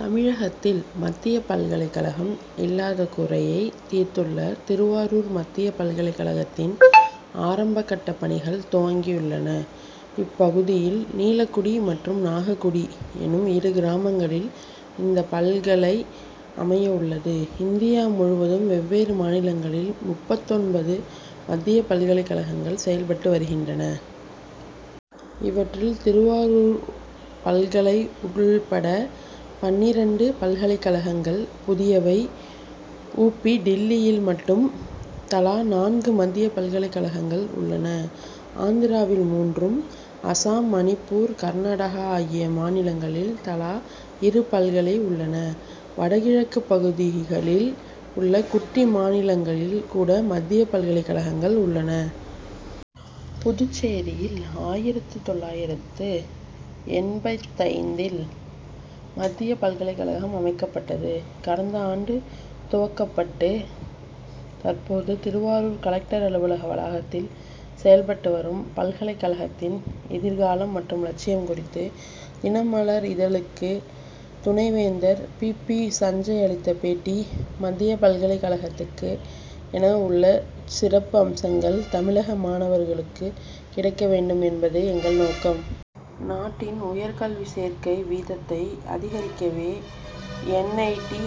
தமிழகத்தில் மத்திய பல்கலைக்கழகம் இல்லாத குறையை தீர்த்துள்ள திருவாரூர் மத்திய பல்கலைக்கழகத்தின் ஆரம்ப கட்டப் பணிகள் துவங்கியுள்ளன. இப்பகுதியில் நீலக்குடி மற்றும் நாகக்குடி எனும் இரு கிராமங்களில் இந்த பல்கலை அமைய உள்ளது. இந்தியா முழுவதும் வெவ்வேறு மாநிலங்களில் முப்பத்தொன்பது மத்திய பல்கலைக்கழகங்கள் செயல்பட்டு வருகின்றன. இவற்றில் திருவாரூர் பல்கலை உள்பட பன்னிரண்டு பல்கலைக்கழகங்கள் புதியவை. உ. பி. டில்லியில் மட்டும் தலா நான்கு மத்திய பல்கலைக்கழகங்கள் உள்ளன. ஆந்திராவில் மூன்றும் அசாம் மணிப்பூர் கர்நாடகா ஆகிய மாநிலங்களில் தலா இரு பல்கலை உள்ளன. வடகிழக்குப் பகுதிகளில் உள்ள குட்டி மாநிலங்களில் கூட மத்திய பல்கலைக்கழகங்கள் உள்ளன. புதுச்சேரியில் ஆயிரத்து தொள்ளாயிரத்து எண்பத்தைந்தில் மத்திய பல்கலைக்கழகம் அமைக்கப்பட்டது. கடந்த ஆண்டு துவக்கப்பட்டு தற்போது திருவாரூர் கலெக்டர் அலுவலக வளாகத்தில் செயல்பட்டு வரும் பல்கலைக்கழகத்தின் எதிர்காலம் மற்றும் லட்சியம் குறித்து தினமலர் இதழுக்கு துணைவேந்தர் பி. பி. சஞ்சய் அளித்த பேட்டி மத்தியப் பல்கலைக்கழகத்துக்கு என உள்ள சிறப்பு அம்சங்கள் தமிழக மாணவர்களுக்குக் கிடைக்க வேண்டும் என்பதே எங்கள் நோக்கம். நாட்டின் உயர்கல்வி சேர்க்கை வீதத்தை அதிகரிக்கவே N. I. T.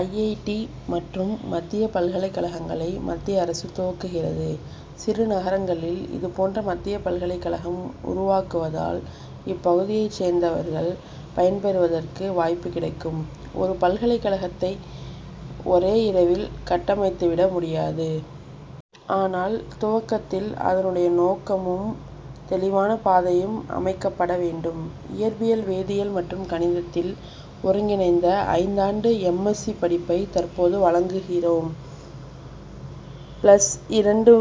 I. I. T. மற்றும் மத்தியப் பல்கலைக்கழகங்களை மத்திய அரசு துவக்குகிறது. சிறு நகரங்களில் இதுபோன்ற மத்தியப் பல்கலைக்கழகம் உருவாக்குவதால் இப்பகுதியைச் சேர்ந்தவர்கள் பயன் பெறுவதற்கு வாய்ப்பு கிடைக்கும். ஒரு பல்கலைக்கழகத்தை ஒரே இரவில் கட்டமைத்துவிட முடியாது. ஆனால் துவக்கத்தில் அதனுடைய நோக்கமும் தெளிவான பாதையும் அமைக்கப்பட வேண்டும். இயற்பியல் வேதியியல் மற்றும் கணிதத்தில் ஒருங்கிணைந்த ஐந்தாண்டு எம். எஸ்சி. படிப்பை தற்போது வழங்குகிறோம். பிளஸ் இரண்டு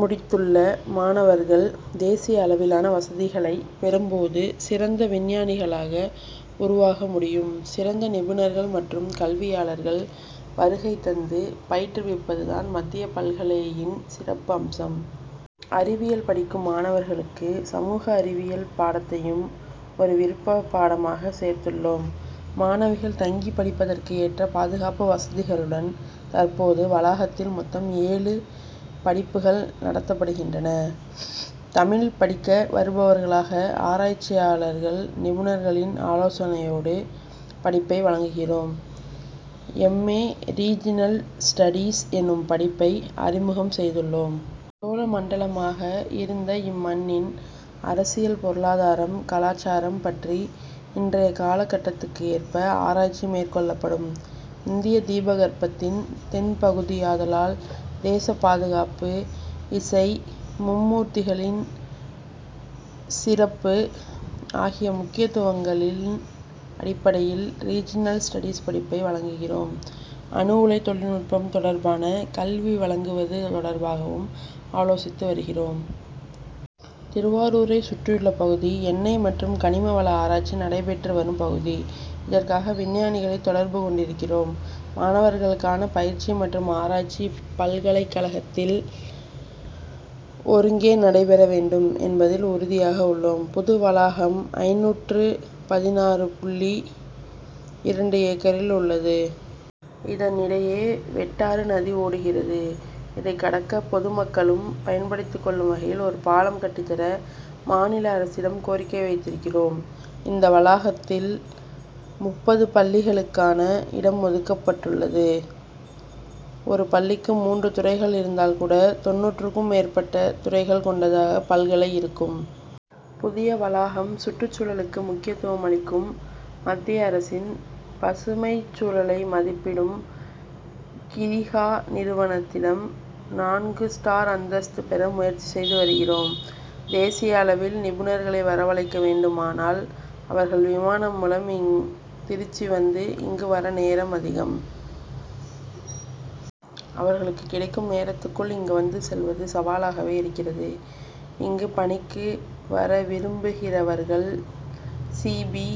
முடித்துள்ள மாணவர்கள் தேசிய அளவிலான வசதிகளை பெறும் போது சிறந்த விஞ்ஞானிகளாக உருவாக முடியும். சிறந்த நிபுணர்கள் மற்றும் கல்வியாளர்கள் வருகை தந்து பயிற்றுவிப்பதுதான் மத்திய பல்கலையின் சிறப்பு அம்சம். அறிவியல் படிக்கும் மாணவர்களுக்கு சமூக அறிவியல் பாடத்தையும் ஒரு விருப்பப் பாடமாக சேர்த்துள்ளோம். மாணவிகள் தங்கி படிப்பதற்கு ஏற்ற பாதுகாப்பு வசதிகளுடன் தற்போதுள்ள வளாகத்தில் மொத்தம் ஏழு படிப்புகள் நடத்தப்படுகின்றன. தமிழ்ப் படிக்க வருபவர்களாக ஆராய்ச்சியாளர்கள் நிபுணர்களின் ஆலோசனையோடு படிப்பை வழங்குகிறோம். எம். ஏ. ரீஜினல் ஸ்டடீஸ் எனும் படிப்பை அறிமுகம் செய்துள்ளோம். சோழ மண்டலமாக இருந்த இம்மண்ணின் அரசியல் பொருளாதாரம் கலாசாரம் பற்றி இன்றைய காலகட்டத்துக்கு ஏற்ப ஆராய்ச்சி மேற்கொள்ளப்படும். இந்திய தீபகற்பத்தின் தென் பகுதியாதலால் தேசப் பாதுகாப்பு இசை மும் மூர்த்திகளின் சிறப்பு ஆகிய முக்கியத்துவங்களின் அடிப்படையில் ரீஜினல் ஸ்டடீஸ் படிப்பை வழங்குகிறோம். அணு உலை தொழில்நுட்பம் தொடர்பான கல்வி வழங்குவது தொடர்பாகவும் ஆலோசித்து வருகிறோம். திருவாரூரைச் சுற்றியுள்ள பகுதி எண்ணெய் மற்றும் கனிம வள ஆராய்ச்சி நடைபெற்று வரும் பகுதி. இதற்காக விஞ்ஞானிகளை தொடர்பு கொண்டிருக்கிறோம். மாணவர்களுக்கான பயிற்சி மற்றும் ஆராய்ச்சி இப்பல்கலைக்கழகத்தில் ஒருங்கே நடைபெற வேண்டும் என்பதில் உறுதியாக உள்ளோம். புதிய வளாகம் ஐநூற்று பதினாறு புள்ளி இரண்டு ஏக்கரில் உள்ளது. இதன் இடையே வெட்டாறு நதி ஓடுகிறது. அதைக்கடக்க பொதுமக்களும் பயன்படுத்திக் கொள்ளும் வகையில் ஒரு பாலம் கட்டித்தர மாநில அரசிடம் கோரிக்கை வைத்திருக்கிறோம். இந்த வளாகத்தில் முப்பது பள்ளிகளுக்கான இடம் ஒதுக்கப்பட்டுள்ளது. ஒரு பள்ளிக்கு மூன்று துறைகள் இருந்தால் கூட தொண்ணூறுக்கும் மேற்பட்ட துறைகள் கொண்டதாக பல்கலை இருக்கும். புதிய வளாகம் சுற்றுச்சூழலுக்கு முக்கியத்துவம் அளிக்கும். மத்திய அரசின் பசுமைச் சூழலை மதிப்பிடும் கிரிஹா நிறுவனத்திடம் நான்கு ஸ்டார் அந்தஸ்து பெற முயற்சி செய்து வருகிறோம். தேசிய அளவில் நிபுணர்களை வரவழைக்க வேண்டுமானால் அவர்கள் விமானம் மூலம் திருச்சி வந்து இங்கு வர நேரம் அதிகம். அவர்களுக்கு கிடைக்கும் நேரத்துக்குள் இங்கு வந்து செல்வது சவாலாகவே இருக்கிறது. இங்கு பணிக்கு வரவிரும்புகிறவர்கள் சி. பி.